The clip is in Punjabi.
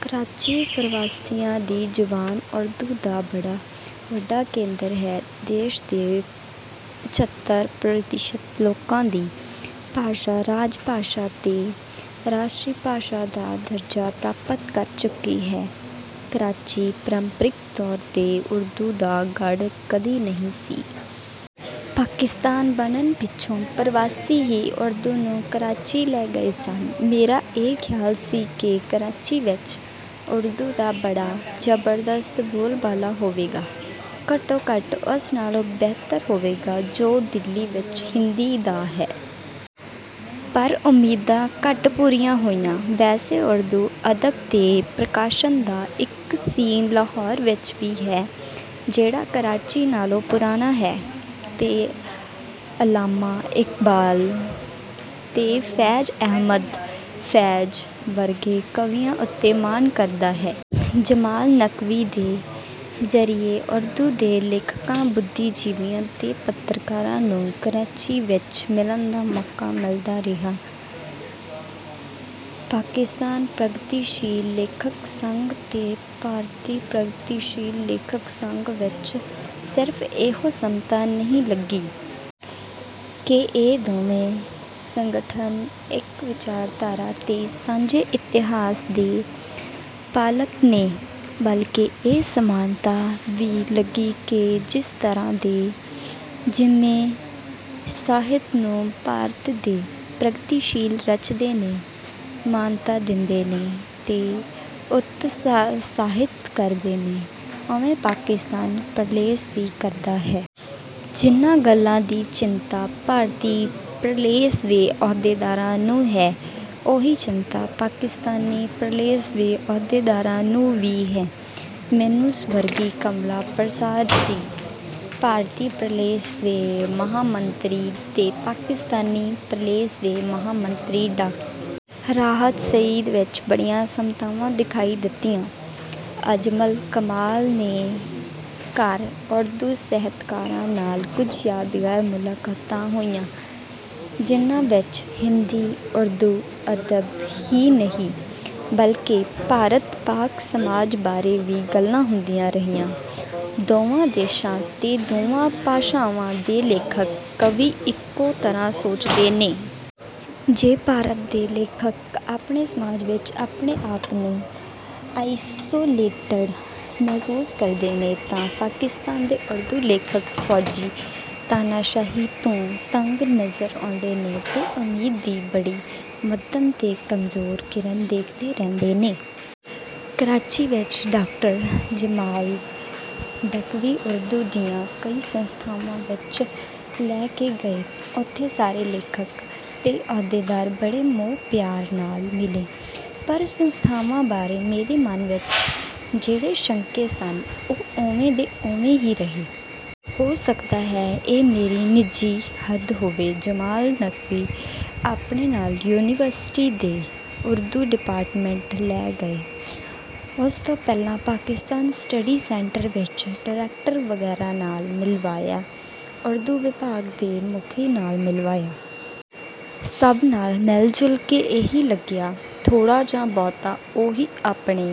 ਕਰਾਚੀ ਪਰਵਾਸੀਆਂ ਦੀ ਜ਼ਬਾਨ ਉਰਦੂ ਦਾ ਬੜਾ ਵੱਡਾ ਕੇਂਦਰ ਹੈ। ਦੇਸ਼ ਦੇ ਪਚੱਤਰ ਪ੍ਰਤੀਸ਼ਤ ਲੋਕਾਂ ਦੀ ਭਾਸ਼ਾ ਰਾਜਭਾਸ਼ਾ ਤੇ ਰਾਸ਼ਟਰੀ ਭਾਸ਼ਾ ਦਾ ਦਰਜਾ ਪ੍ਰਾਪਤ ਕਰ ਚੁੱਕੀ ਹੈ। ਕਰਾਚੀ ਪਰੰਪਰਿਕ ਤੌਰ ਤੇ ਉਰਦੂ ਦਾ ਗੜ੍ਹ ਕਦੀ ਨਹੀਂ ਸੀ। ਪਾਕਿਸਤਾਨ ਬਣਨ ਪਿੱਛੋਂ ਪਰਵਾਸੀ ਹੀ ਉਰਦੂ ਨੂੰ ਕਰਾਚੀ ਲੈ ਗਏ ਸਨ। ਮੇਰਾ ਇਹ ਖ਼ਿਆਲ ਸੀ ਕਿ ਕਰਾਚੀ ਵਿਚ ਉਰਦੂ ਦਾ ਬੜਾ ਜ਼ਬਰਦਸਤ ਬੋਲਬਾਲਾ ਹੋਵੇਗਾ, ਘੱਟੋ-ਘੱਟ ਉਸ ਨਾਲੋਂ ਬਿਹਤਰ ਹੋਵੇਗਾ ਜੋ ਦਿੱਲੀ ਵਿਚ ਹਿੰਦੀ ਦਾ ਹੈ। ਪਰ ਉਮੀਦਾਂ ਘੱਟ ਪੂਰੀਆਂ ਹੋਈਆਂ। ਵੈਸੇ ਉਰਦੂ ਅਦਬ ਤੇ ਪ੍ਰਕਾਸ਼ਨ ਦਾ ਇਕ 'ਸੀਨ' ਲਾਹੌਰ ਵਿਚ ਵੀ ਹੈ, ਜਿਹੜਾ ਕਰਾਚੀ ਨਾਲੋਂ ਪੁਰਾਣਾ ਹੈ ਤੇ ਅੱਲਾਮਾ ਇਕਬਾਲ ਤੇ ਫ਼ੈਜ਼ ਅਹਿਮਦ 'ਫ਼ੈਜ਼' ਵਰਗੇ ਕਵੀਆਂ ਉੱਤੇ ਮਾਣ ਕਰਦਾ ਹੈ। ਜਮਾਲ ਨਕਵੀ ਦੇ ਜ਼ਰੀਏ ਉਰਦੂ ਦੇ ਲੇਖਕਾਂ, ਬੁੱਧੀਜੀਵੀਆਂ ਤੇ ਪੱਤਰਕਾਰਾਂ ਨੂੰ ਕਰਾਚੀ ਵਿਚ ਮਿਲਣ ਦਾ ਮੌਕਾ ਮਿਲਦਾ ਰਿਹਾ। ਪਾਕਿਸਤਾਨ ਪ੍ਰਗਤੀਸ਼ੀਲ ਲੇਖਕ ਸੰਘ ਤੇ ਭਾਰਤੀ ਪ੍ਰਗਤੀਸ਼ੀਲ ਲੇਖਕ ਸੰਘ ਵਿਚ ਸਿਰਫ਼ ਇਹੋ ਸਮਤਾ ਨਹੀਂ ਲੱਗੀ ਕਿ ਇਹ ਦੋਵੇਂ ਸੰਗਠਨ ਇਕ ਵਿਚਾਰਧਾਰਾ ਤੇ ਸਾਂਝੇ ਇਤਿਹਾਸ ਦੇ ਪਾਲਕ ਨੇ, ਬਲਕਿ ਇਹ ਸਮਾਨਤਾ ਵੀ ਲੱਗੀ ਕਿ ਜਿਸ ਤਰ੍ਹਾਂ ਤੇ ਜਿਵੇਂ ਸਾਹਿਤ ਨੂੰ ਭਾਰਤ ਦੇ ਪ੍ਰਗਤੀਸ਼ੀਲ ਰਚਦੇ ਨੇ, ਮਾਨਤਾ ਦੇਂਦੇ ਨੇ ਤੇ ਉਤਸਾਹਿਤ ਕਰਦੇ ਨੇ, ਓਵੇਂ ਪਾਕਿਸਤਾਨ 'ਪ੍ਰਲੇਸ' ਵੀ ਕਰਦਾ ਹੈ। ਜਿਨ੍ਹਾਂ ਗੱਲਾਂ ਦੀ ਚਿੰਤਾ ਭਾਰਤੀ 'ਪ੍ਰਲੇਸ' ਦੇ ਅਹੁਦੇਦਾਰਾਂ ਨੂੰ ਹੈ, ਉਹੀ ਚਿੰਤਾ ਪਾਕਿਸਤਾਨੀ ਪ੍ਰਲੇਸ ਦੇ ਅਹੁਦੇਦਾਰਾਂ ਨੂੰ ਵੀ ਹੈ। ਮੈਨੂੰ ਸਵਰਗੀ ਕਮਲਾ ਪਰਸਾਦ ਜੀ, ਭਾਰਤੀ ਪ੍ਰਲੇਸ ਦੇ ਮਹਾਮੰਤਰੀ, ਤੇ ਪਾਕਿਸਤਾਨੀ ਪ੍ਰਲੇਸ ਦੇ ਮਹਾਮੰਤਰੀ ਡਾ. ਰਾਹਤ ਸਈਦ ਵਿਚ ਬੜੀਆਂ ਸਮਤਾਵਾਂ ਦਿਖਾਈ ਦਿੱਤੀਆਂ। ਅਜਮਲ ਕਮਾਲ ਦੇ ਘਰ ਉਰਦੂ ਸਾਹਿਤਕਾਰਾਂ ਨਾਲ ਕੁਝ ਯਾਦਗਾਰ ਮੁਲਾਕਾਤਾਂ ਹੋਈਆਂ, ਜਿਨ੍ਹਾਂ ਵਿਚ ਹਿੰਦੀ-ਉਰਦੂ ਅਦਬ ਹੀ ਨਹੀਂ, ਬਲਕਿ ਭਾਰਤ-ਪਾਕ ਸਮਾਜ ਬਾਰੇ ਵੀ ਗੱਲਾਂ ਹੁੰਦੀਆਂ ਰਹੀਆਂ। ਦੋਵਾਂ ਦੇਸ਼ਾਂ ਤੇ ਦੋਵਾਂ ਭਾਸ਼ਾਵਾਂ ਦੇ ਲੇਖਕ, ਕਵੀ ਇਕੋ ਤਰ੍ਹਾਂ ਸੋਚਦੇ ਨੇ। ਜੇ ਭਾਰਤ ਦੇ ਲੇਖਕ ਆਪਣੇ ਸਮਾਜ ਵਿਚ ਆਪਣੇ ਆਪ ਨੂੰ 'ਆਈਸੋਲੇਟੇਡ' ਮਹਿਸੂਸ ਕਰਦੇ ਨੇ ਤਾਂ ਪਾਕਿਸਤਾਨ ਦੇ ਉਰਦੂ ਲੇਖਕ ਫੌਜੀ ਤਾਨਾਸ਼ਾਹੀ ਤੋਂ ਤੰਗ ਨਜ਼ਰ ਆਉਂਦੇ ਨੇ ਤੇ ਉਮੀਦ ਦੀ ਬੜੀ ਮੱਧਮ ਤੇ ਕਮਜ਼ੋਰ ਕਿਰਨ ਦੇਖਦੇ ਰਹਿੰਦੇ ਨੇ। ਕਰਾਚੀ ਵਿਚ ਡਾ. ਜਮਾਲ ਨਕਵੀ ਉਰਦੂ ਦੀਆਂ ਕਈ ਸੰਸਥਾਵਾਂ ਵਿਚ ਲੈ ਕੇ ਗਏ। ਉੱਥੇ ਸਾਰੇ ਲੇਖਕ ਤੇ ਅਹੁਦੇਦਾਰ ਬੜੇ ਮੋਹ-ਪਿਆਰ ਨਾਲ ਮਿਲੇ, ਪਰ ਸੰਸਥਾਵਾਂ ਬਾਰੇ ਮੇਰੇ ਮਨ ਵਿਚ ਜਿਹੜੇ ਸ਼ੰਕੇ ਸਨ, ਉਹ ਓਵੇਂ ਦੇ ਓਵੇਂ ਹੀ ਰਹੇ। ਹੋ ਸਕਦਾ ਹੈ ਇਹ ਮੇਰੀ ਨਿੱਜੀ ਹੱਦ ਹੋਵੇ। ਜਮਾਲ ਨਕਵੀ ਆਪਣੇ ਨਾਲ ਯੂਨੀਵਰਸਿਟੀ ਦੇ ਉਰਦੂ ਡਿਪਾਰਟਮੈਂਟ ਲੈ ਗਏ। ਉਸ ਤੋਂ ਪਹਿਲਾਂ ਪਾਕਿਸਤਾਨ ਸਟੱਡੀ ਸੈਂਟਰ ਵਿਚ ਡਾਇਰੈਕਟਰ ਵਗੈਰਾ ਨਾਲ ਮਿਲਵਾਇਆ। ਉਰਦੂ ਵਿਭਾਗ ਦੇ ਮੁਖੀ ਨਾਲ ਮਿਲਵਾਇਆ। ਸਭ ਨਾਲ ਮਿਲ-ਜੁਲ ਕੇ ਇਹੀ ਲੱਗਿਆ, ਥੋੜ੍ਹਾ ਜਾਂ ਬਹੁਤਾ ਉਹੀ ਆਪਣੇ...